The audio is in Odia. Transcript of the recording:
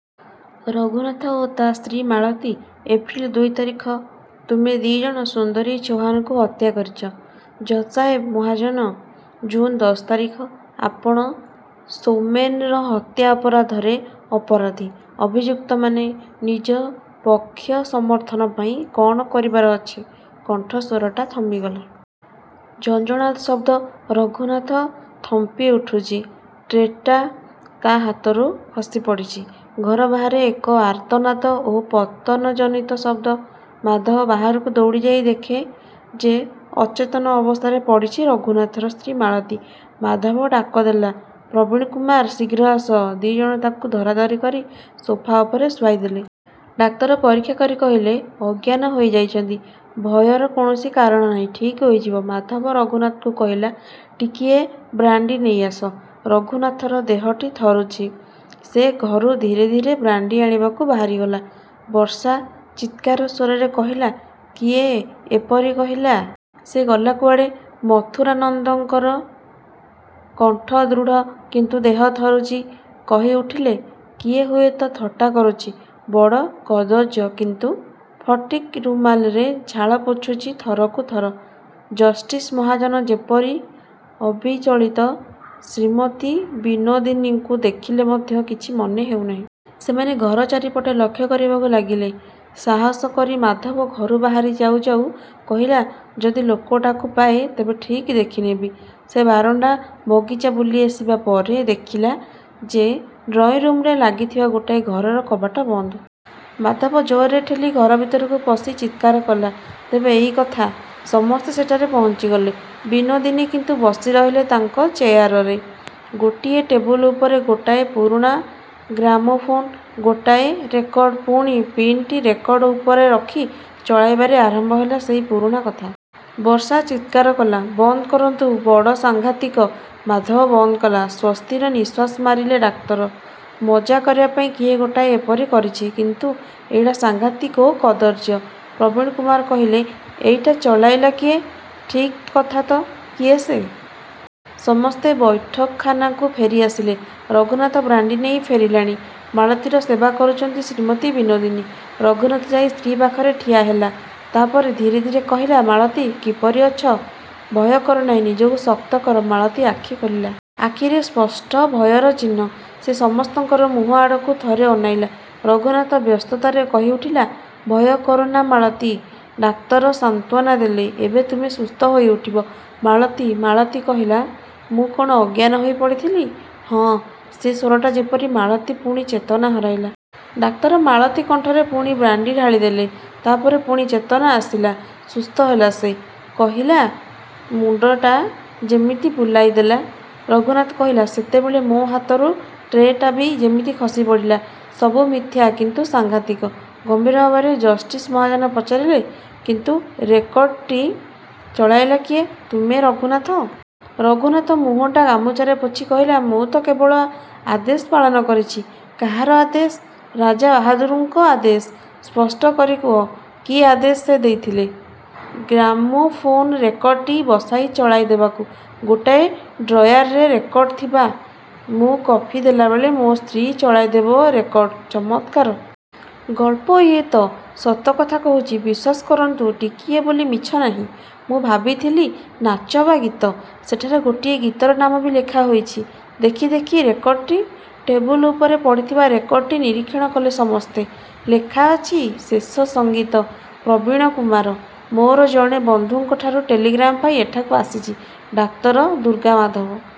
ରଘୁନାଥ ଓ ତା ସ୍ତ୍ରୀ ମାଳତୀ, ଏପ୍ରିଲ ଦୁଇ ତାରିଖ। ତୁମେ ଦି'ଜଣ ସୁନ୍ଦରୀ ଚୌହାନକୁ ହତ୍ୟା କରିଛ। ଜଜ୍‌ସାହେବ ମହାଜନ, ଜୁନ୍ ଦଶ ତାରିଖ, ଆପଣ ସୌମେନ୍‌ର ହତ୍ୟା ଅପରାଧରେ ଅପରାଧୀ। ଅଭିଯୁକ୍ତମାନେ, ନିଜ ପକ୍ଷସମର୍ଥନ ପାଇଁ କ'ଣ କହିବାର ଅଛି? କଣ୍ଠସ୍ୱରଟା ଥମିଗଲା। ଝଞ୍ଜଣାତ୍ ଶବ୍ଦ। ରଘୁନାଥ ଥମ୍ପିଉଠୁଛି। ଟ୍ରେଟା ତା'ହାତରୁ ଖସିପଡ଼ିଛି। ଘର ବାହାରେ ଏକ ଆର୍ତ୍ତନାଦ ଓ ପତନଜନିତ ଶବ୍ଦ। ମାଧବ ବାହାରକୁ ଦୌଡ଼ିଯାଇ ଦେଖେ ଯେ ଅଚେତନ ଅବସ୍ଥାରେ ପଡ଼ିଛି ରଘୁନାଥର ସ୍ତ୍ରୀ ମାଳତୀ। ମାଧବ ଡାକଦେଲା, ପ୍ରବୀଣକୁମାର ଶୀଘ୍ର ଆସ। ଦି'ଜଣ ତାକୁ ଧରାଧରି କରି ସୋଫା ଉପରେ ଶୁଆଇଦେଲେ। ଡାକ୍ତର ପରୀକ୍ଷା କରି କହିଲେ, ଅଜ୍ଞାନ ହୋଇଯାଇଛନ୍ତି। ଭୟର କୌଣସି କାରଣ ନାହିଁ। ଠିକ୍ ହୋଇଯିବ। ମାଧବ ରଘୁନାଥକୁ କହିଲା, ଟିକିଏ ବ୍ରାଣ୍ଡି ନେଇଆସ। ରଘୁନାଥର ଦେହଟି ଥରୁଛି। ସେ ଘରୁ ଧୀରେ ଧୀରେ ବ୍ରାଣ୍ଡି ଆଣିବାକୁ ବାହାରିଗଲା। ବର୍ଷା ଚିତ୍କାରସ୍ୱରରେ କହିଲା, "କିଏ ଏପରି କହିଲା? ସେ ଗଲା କୁଆଡ଼େ?" ମଥୁରାନନ୍ଦଙ୍କର କଣ୍ଠ ଦୃଢ଼, କିନ୍ତୁ ଦେହ ଥରୁଛି। କହିଉଠିଲେ, "କିଏ ହୁଏତ ଥଟ୍ଟା କରୁଛି, ବଡ଼ କଦର୍ଯ୍ୟ କିନ୍ତୁ। ଫଟିକ୍ ରୁମାଲରେ ଝାଳ ପୋଛୁଛି ଥରକୁ ଥର। ଜଷ୍ଟିସ୍ ମହାଜନ ଯେପରି ଅବିଚଳିତ। ଶ୍ରୀମତୀ ବିନୋଦିନୀଙ୍କୁ ଦେଖିଲେ ମଧ୍ୟ କିଛି ମନେ ହେଉନାହିଁ। ସେମାନେ ଘର ଚାରିପଟେ ଲକ୍ଷ୍ୟ କରିବାକୁ ଲାଗିଲେ। ସାହସ କରି ମାଧବ ଘରୁ ବାହାରି ଯାଉ ଯାଉ କହିଲା, ଯଦି ଲୋକଟାକୁ ପାଏ, ତେବେ ଠିକ୍ ଦେଖିନେବି। ସେ ବାରଣ୍ଡା, ବଗିଚା ବୁଲିଆସିବା ପରେ ଦେଖିଲା ଯେ ଡ୍ରଇଁରୁମରେ ଲାଗିଥିବା ଗୋଟାଏ ଘରର କବାଟ ବନ୍ଦ। ମାଧବ ଜୋରରେ ଠେଲି ଘରଭିତରକୁ ପଶି ଚିତ୍କାର କଲା, ତେବେ ଏଇ କଥା? ସମସ୍ତେ ସେଠାରେ ପହଞ୍ଚିଗଲେ। ବିନୋଦିନୀ କିନ୍ତୁ ବସିରହିଲେ ତାଙ୍କ ଚେଆରରେ। ଗୋଟିଏ ଟେବୁଲ୍ ଉପରେ ଗୋଟାଏ ପୁରୁଣା ଗ୍ରାମୋଫୋନ୍, ଗୋଟାଏ ରେକର୍ଡ଼। ପୁଣି ପିନ୍‌ଟି ରେକର୍ଡ଼ ଉପରେ ରଖି ଚଳାଇବାରେ ଆରମ୍ଭ ହେଲା ସେଇ ପୁରୁଣା କଥା। ବର୍ଷା ଚିତ୍କାର କଲା, ବନ୍ଦ କରନ୍ତୁ, ବଡ଼ ସାଙ୍ଘାତିକ। ମାଧବ ବନ୍ଦ କଲା। ସ୍ୱସ୍ତିର ନିଃଶ୍ୱାସ ମାରିଲେ ଡାକ୍ତର। ମଜା କରିବାପାଇଁ କିଏ ଗୋଟାଏ ଏପରି କରିଛି, କିନ୍ତୁ ଏଇଟା ସାଂଘାତିକ ଓ କଦର୍ଯ୍ୟ। ପ୍ରବୀଣକୁମାର କହିଲେ, ଏଇଟା ଚଳାଇଲା କିଏ? ଠିକ୍ କଥା ତ, କିଏ ସେ?" ସମସ୍ତେ ବୈଠକଖାନାକୁ ଫେରିଆସିଲେ। ରଘୁନାଥ ବ୍ରାଣ୍ଡି ନେଇ ଫେରିଲାଣି। ମାଳତୀର ସେବା କରୁଛନ୍ତି ଶ୍ରୀମତୀ ବିନୋଦିନୀ। ରଘୁନାଥ ଯାଇ ସ୍ତ୍ରୀ ପାଖରେ ଠିଆହେଲା। ତା'ପରେ ଧୀରେ ଧୀରେ କହିଲା, ମାଳତୀ, କିପରି ଅଛ? ଭୟ କର ନା, ନିଜକୁ ଶକ୍ତ କର। ମାଳତୀ ଆଖି ଖୋଲିଲା। ଆଖିରେ ସ୍ପଷ୍ଟ ଭୟର ଚିହ୍ନ। ସେ ସମସ୍ତଙ୍କର ମୁହଁ ଆଡ଼କୁ ଥରେ ଅନାଇଲା। ରଘୁନାଥ ବ୍ୟସ୍ତତାରେ କହିଉଠିଲା, ଭୟ କର ନା ମାଳତୀ। ଡାକ୍ତର ସାନ୍ତ୍ୱନା ଦେଲେ, "ଏବେ ତୁମେ ସୁସ୍ଥ ହୋଇଉଠିବ, ମାଳତୀ ମାଳତୀ କହିଲା, ମୁଁ କ'ଣ ଅଜ୍ଞାନ ହୋଇପଡ଼ିଥିଲି? ହଁ। ସେ ସ୍ୱରଟା ଯେପରି ମାଳତୀ ପୁଣି ଚେତନା ହରାଇଲା। ଡାକ୍ତର ମାଳତୀ କଣ୍ଠରେ ପୁଣି ବ୍ରାଣ୍ଡି ଢାଳିଦେଲେ। ତା'ପରେ ପୁଣି ଚେତନା ଆସିଲା। ସୁସ୍ଥ ହେଲା ସେ। କହିଲା, "ମୁଣ୍ଡଟା ଯେମିତି ବୁଲାଇଦେଲା।" ରଘୁନାଥ କହିଲା, "ସେତେବେଳେ ମୋ ହାତରୁ ଟ୍ରେଟା ବି ଯେମିତି ଖସିପଡ଼ିଲା। ସବୁ ମିଥ୍ୟା, କିନ୍ତୁ ସାଙ୍ଘାତିକ।" ଗମ୍ଭୀର ଭାବରେ ଜଷ୍ଟିସ୍ ମହାଜନ ପଚାରିଲେ, "କିନ୍ତୁ ରେକର୍ଡ଼ଟି ଚଳାଇଲା କିଏ, ତୁମେ, ରଘୁନାଥ?" ରଘୁନାଥ ମୁହଁଟା ଗାମୁଛାରେ ପୋଛି କହିଲା ମୁଁ ତ କେବଳ ଆଦେଶ ପାଳନ କରିଛି। କାହାର ଆଦେଶ? ରାଜାବାହାଦୁରଙ୍କ ଆଦେଶ। ସ୍ପଷ୍ଟ କରି କୁହ, କି ଆଦେଶ ସେ ଦେଇଥିଲେ? ଗ୍ରାମୋଫୋନ୍ ରେକର୍ଡ଼ଟି ବସାଇ ଚଳାଇଦେବାକୁ। ଗୋଟାଏ ଡ୍ରୟାରରେ ରେକର୍ଡ଼ ଥିବା। ମୁଁ କଫି ଦେଲାବେଳେ ମୋ ସ୍ତ୍ରୀ ଚଳାଇଦେବ ରେକର୍ଡ଼। ଚମତ୍କାର ଗଳ୍ପ ଇଏତ! ସତକଥା କହୁଛି। ବିଶ୍ୱାସ କରନ୍ତୁ, ଟିକିଏ ବୋଲି ମିଛ ନାହିଁ। ମୁଁ ଭାବିଥିଲି, ନାଚ ବା ଗୀତ। ସେଠାରେ ଗୋଟିଏ ଗୀତର ନାମ ବି ଲେଖାହୋଇଛି। ଦେଖି ଦେଖି ରେକର୍ଡ଼ଟି।" ଟେବୁଲ୍ ଉପରେ ପଡ଼ିଥିବା ରେକର୍ଡ଼ଟି ନିରୀକ୍ଷଣ କଲେ ସମସ୍ତେ। ଲେଖା ଅଛି, "ଶେଷ ସଙ୍ଗୀତ। ପ୍ରବୀଣକୁମାର? ମୋର ଜଣେ ବନ୍ଧୁଙ୍କଠାରୁ ଟେଲିଗ୍ରାମ୍ ପାଇ ଏଠାକୁ ଆସିଛି। ଡାକ୍ତର ଦୁର୍ଗାମାଧବ?